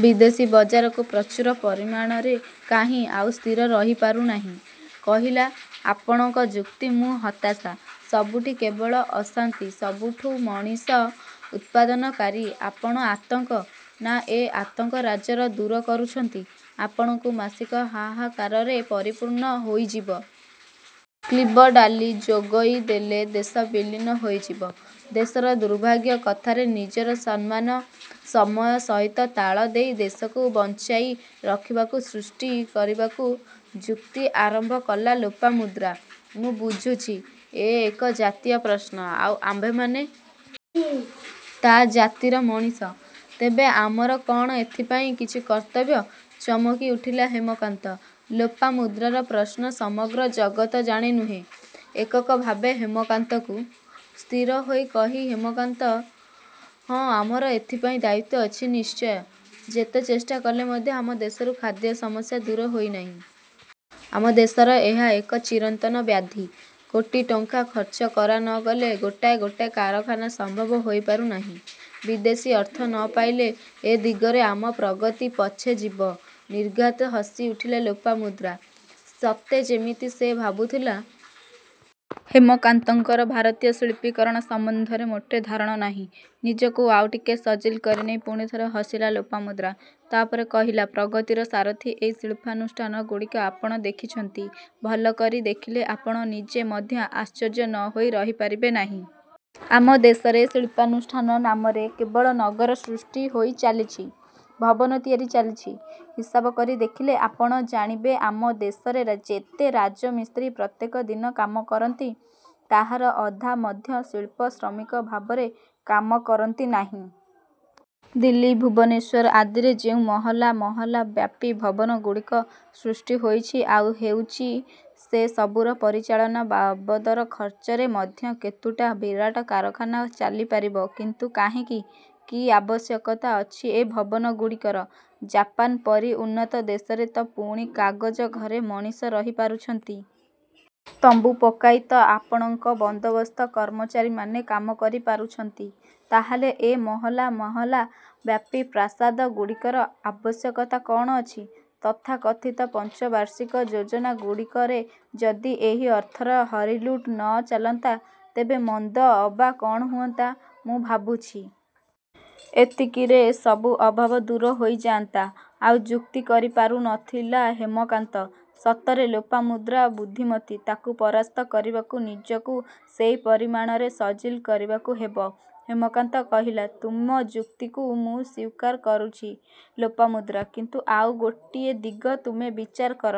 '' ବିଦେଶୀ ବଜାରକୁ ପ୍ରଚୁର ପରିମାଣରେ କାହିଁ?... ଆଉ ସ୍ଥିର ରହିପାରୁ ନାହିଁ। କହିଲା–ଆପଣଙ୍କ ଯୁକ୍ତି ମୁଁ ହତାଶା, ସବୁଠି କେବଳ ଅଶାନ୍ତି, ସବୁଠୁ ମଣିଷ ଉତ୍ପାଦନକାରୀ, ଆପଣ ଆତଙ୍କ। ନାଁ... ଏ ଆତଙ୍କରାଜର ଦୂର କରୁଛନ୍ତି। ଆପଣଙ୍କୁ ମାସିକ ହା.. ହା କାରରେ ପରିପୂର୍ଣ୍ଣ ହୋଇଯିବ। କ୍ଳିବ ଡ଼ାଲି ଯୋଗଇ ଦେଲେ ଦେଶ ବିଲୀନ ହୋଈଯିବ। ଦେଶର ଦୁର୍ଭାଗ୍ୟ କଥା ରେ ନିଜର ସମ୍ମାନ ସମୟ ସହିତ ତାଳ ଦେଇ ଦେଶକୁ ବଞ୍ଚାଈ ରଖିବାକୁ ସୃଷ୍ଟି କରିବାକୁ। ଯୁକ୍ତି ଆରମ୍ଭ କଲା ଲୋପାମୁଦ୍ରା... ''ମୁଁ ବୁଝୁଛି, ଏ ଏକ ଜାତୀୟ ପ୍ରଶ୍ନ। ଆଉ ଆମ୍ଭେମାନେ.. ତା' ଜାତିର ମଣିଷ। ତେବେ ଆମର କ'ଣ ଏଥିପାଇଁ କିଛି କର୍ତ୍ତବ୍ୟ। ଚମକି ଉଠିଲା ହେମକାନ୍ତ। ଲୋପାମୁଦ୍ରାର ପ୍ରଶ୍ନ ସମଗ୍ର ଜଗତ ଜାଣେ ନୁହେଁ... ଏକକ ଭାବେ ହେମକାନ୍ତକୁ। ସ୍ଥିର ହୋଇ କହି ହେମକାନ୍ତ... ''ହଁ ଆମର ଏଥିପାଇଁ ଦାୟିତ୍ୱ ଅଛି ନିଶ୍ଚୟ। ଯେତେ ଚେଷ୍ଟା କଲେ ମଧ୍ୟ ଆମ ଦେଶରୁ ଖାଦ୍ୟ ସମସ୍ୟା ଦୂର ହୋଇନାହିଁ। ଆମ ଦେଶର ଏହା ଏକ ଚିରନ୍ତନ ବ୍ୟାଧି। '' କୋଟି ଟଙ୍କା ଖର୍ଚ୍ଚ କରା ନ ଗଲେ ଗୋଟାଏ ଗୋଟାଏ କାରଖାନା ସମ୍ଭବ ହୋଇପାରୁ ନାହିଁ। ବିଦେଶୀ ଅର୍ଥ ନ ପାଇଲେ ଏ ଦିଗରେ ଆମ ପ୍ରଗତି ପଛେଯିବ। ନିର୍ଘାତ୍ ହସିଉଠିଲା ଲୋପାମୁଦ୍ରା। ସତେ ଯେମିତି ସେ ଭାବୁଥିଲା... ହେମକାନ୍ତଙ୍କର ଭାରତୀୟ ଶିଳ୍ପୀକରଣ ସମ୍ବନ୍ଧରେ ମୋଟେ ଧାରଣ ନାହିଁ। ନିଜକୁ ଆଉ ଟିକେ ସଜିଲ କରି ନେଇ ପୁଣି ଥରେ ହସିଲା ଲୋପାମୁଦ୍ରା। ତା'ପରେ କହିଲା... ''ପ୍ରଗତିର ସାରଥୀ ଏଇ ଶିଳ୍ପାନୁଷ୍ଠାନଗୁଡ଼ିକ ଆପଣ ଦେଖିଛନ୍ତି? ଭଲକରି ଦେଖିଲେ ଆପଣ ନିଜେ ମଧ୍ୟ ଆଶ୍ଚର୍ଯ୍ୟ ନ ହୋଇ ରହି ପାରିବେ ନାହିଁ। ଆମ ଦେଶରେ ଶିଳ୍ପାନୁଷ୍ଠାନ ନାମରେ କେବଳ ନଗର ସୃଷ୍ଟି ହୋଇ ଚାଲିଛି। ଭବନ ତିଆରି ଚାଲିଛି। ହିସାବ କରି ଦେଖିଲେ ଆପଣ ଜାଣିବେ ଆମ ଦେଶରେ ଯେତେ ରାଜମିସ୍ତ୍ରୀ ପ୍ରତ୍ୟେକ ଦିନ କାମ କରନ୍ତି... ତାହାର ଅଧା ମଧ୍ୟ ଶିଳ୍ପ ଶ୍ରମିକ ଭାବରେ କାମ କରନ୍ତି ନାହିଁ। ଦିଲ୍ଲୀ, ଭୂବନେଶ୍ୱର ଆଦିରେ ଯେଉଁ ମହଲା ମହଲା ବ୍ୟାପୀ ଭବନଗୁଡ଼ିକ ସୃଷ୍ଟି ହୋଇଛି ଆଉ ହେଉଛି... ସେ ସବୁର ପରିଚାଳନା ବାବଦର ଖର୍ଚ୍ଚରେ ମଧ୍ୟ କେତୁଟା ବିରାଟ କାରଖାନା ଚାଲିପାରିବ... କିନ୍ତୁ କାହିଁକି? କି ଆବଶ୍ୟକତା ଅଛି ଏ ଭବନ ଗୁଡ଼ିକର? ଜାପାନ ପରି ଉନ୍ନତ ଦେଶରେ ତ' ପୁଣି କାଗଜ ଘରେ ମଣିଷ ରହି ପାରୁଛନ୍ତି। ତମ୍ଭୁ ପକାଇ ତ' ଆପଣଙ୍କ ବନ୍ଦୋବସ୍ତ କର୍ମଚାରୀମାନେ କାମ କରି ପାରୁଛନ୍ତି? ତା'ହେଲେ ଏ ମହଲା ମହାଲା ବ୍ୟାପୀ ପ୍ରାସାଦଗୁଡ଼ିକର ଆବଶ୍ୟକତା କ'ଣ ଅଛି? ତଥାକଥିତ ପଞ୍ଚବାର୍ଷିକ ଯୋଜନାଗୁଡ଼ିକରେ ଯଦି ଏହି ଅର୍ଥର ହରିଲୁଟ୍ ନ ଚାଲନ୍ତା.. ତେବେ ମନ୍ଦ ଅବା କ'ଣ ହୁଅନ୍ତା? ମୁଁ ଭାବୁଛି... ଏତିକିରେ ସବୁ ଅଭାବ ଦୂର ହୋଇ ଯାଆନ୍ତା। ଆଉ ଯୁକ୍ତି କରିପାରୁ ନ ଥିଲା ହେମକାନ୍ତ.. ସତରେ ଲୋପାମୁଦ୍ରା ବୁଦ୍ଧିମତୀ। ତାକୁ ପରାସ୍ତ କରିବାକୁ ନିଜକୁ ସେହି ପରିମାଣରେ ସଜିଲ କରିବାକୁ ହେବ। ହେମକାନ୍ତ କହିଲା—ତୁମ ଯୁକ୍ତିକୁ ମୁଁ ସ୍ୱୀକାର କରୁଛି ଲୋପାମୁଦ୍ରା। କିନ୍ତୁ ଆଉ ଗୋଟାଏ ଦିଗ ତୁମେ ବିଚାର କର।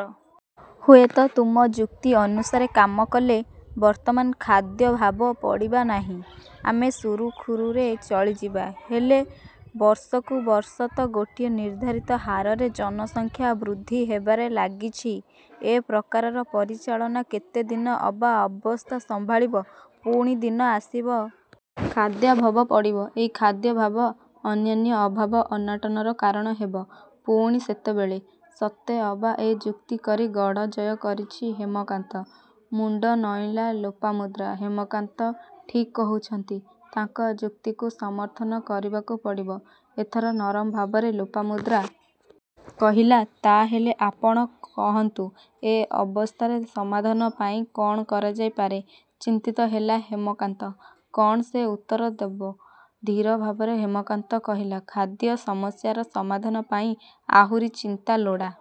ହୁଏତ ତୁମ ଯୁକ୍ତି ଅନୁସାରେ କାମ କଲେ। ବର୍ତ୍ତମାନ ଖାଦ୍ୟଭାବ ପଡ଼ିବା ନାହିଁ। ଆମେ ସୁରୁଖୁରୁରେ ଚଳିଯିବା। ହେଲେ ବର୍ଷକୁ ବର୍ଷ ତ ଗୋଟିଏ ନିର୍ଦ୍ଧାରିତ ହାରରେ ଜନସଂଖ୍ୟା ବୃଦ୍ଧି ହେବାରେ ଲାଗିଛି, ଏ ପ୍ରକାରର ପରିଚାଳନା କେତେ ଦିନ ଅବା ଅବସ୍ଥା ସମ୍ଭାଳିବ? ପୁଣି ଦିନ ଆସିବ.. ଖାଦ୍ୟାଭାବ ପଡ଼ିବ। ଏଇ ଖାଦ୍ୟଭାବ.. ଅନ୍ୟାନ୍ୟ ଅଭାବ ଅନାଟନର କାରଣ ହେବ। ପୁଣି ସେତେବେଳେ? ସତେ ଅବା ଏ ଯୁକ୍ତି କରି ଗଡ଼ ଜୟ କରିଛି ହେମକାନ୍ତ। ମୁଣ୍ଡ ନଇଁଲା ଲୋପାମୁଦ୍ରା। ହେମକାନ୍ତ ଠିକ୍ କହୁଛନ୍ତି। ତାଙ୍କ ଯୁକ୍ତିକୁ ସମର୍ଥନ କରିବାକୁ ପଡ଼ିବ। ଏଥର ନରମ ଭାବରେ ଲୋପାମୁଦ୍ରା। କହିଲା—ତା' ହେଲେ ଆପଣ କହନ୍ତୁ... ଏ ଅବସ୍ଥାରେ ସମାଧାନ ପାଇଁ କ'ଣ କରାଯାଇପାରେ? ଚିନ୍ତିତ ହେଲା ହେମକାନ୍ତ। କ'ଣ ସେ ଉତ୍ତର ଦେବ? ଧୀର ଭାବରେ ହେମକାନ୍ତ କହିଲା—ଖାଦ୍ୟ ସମସ୍ୟାର ସମାଧାନ ପାଇଁ ଆହୁରି ଚିନ୍ତା ଲୋଡ଼ା.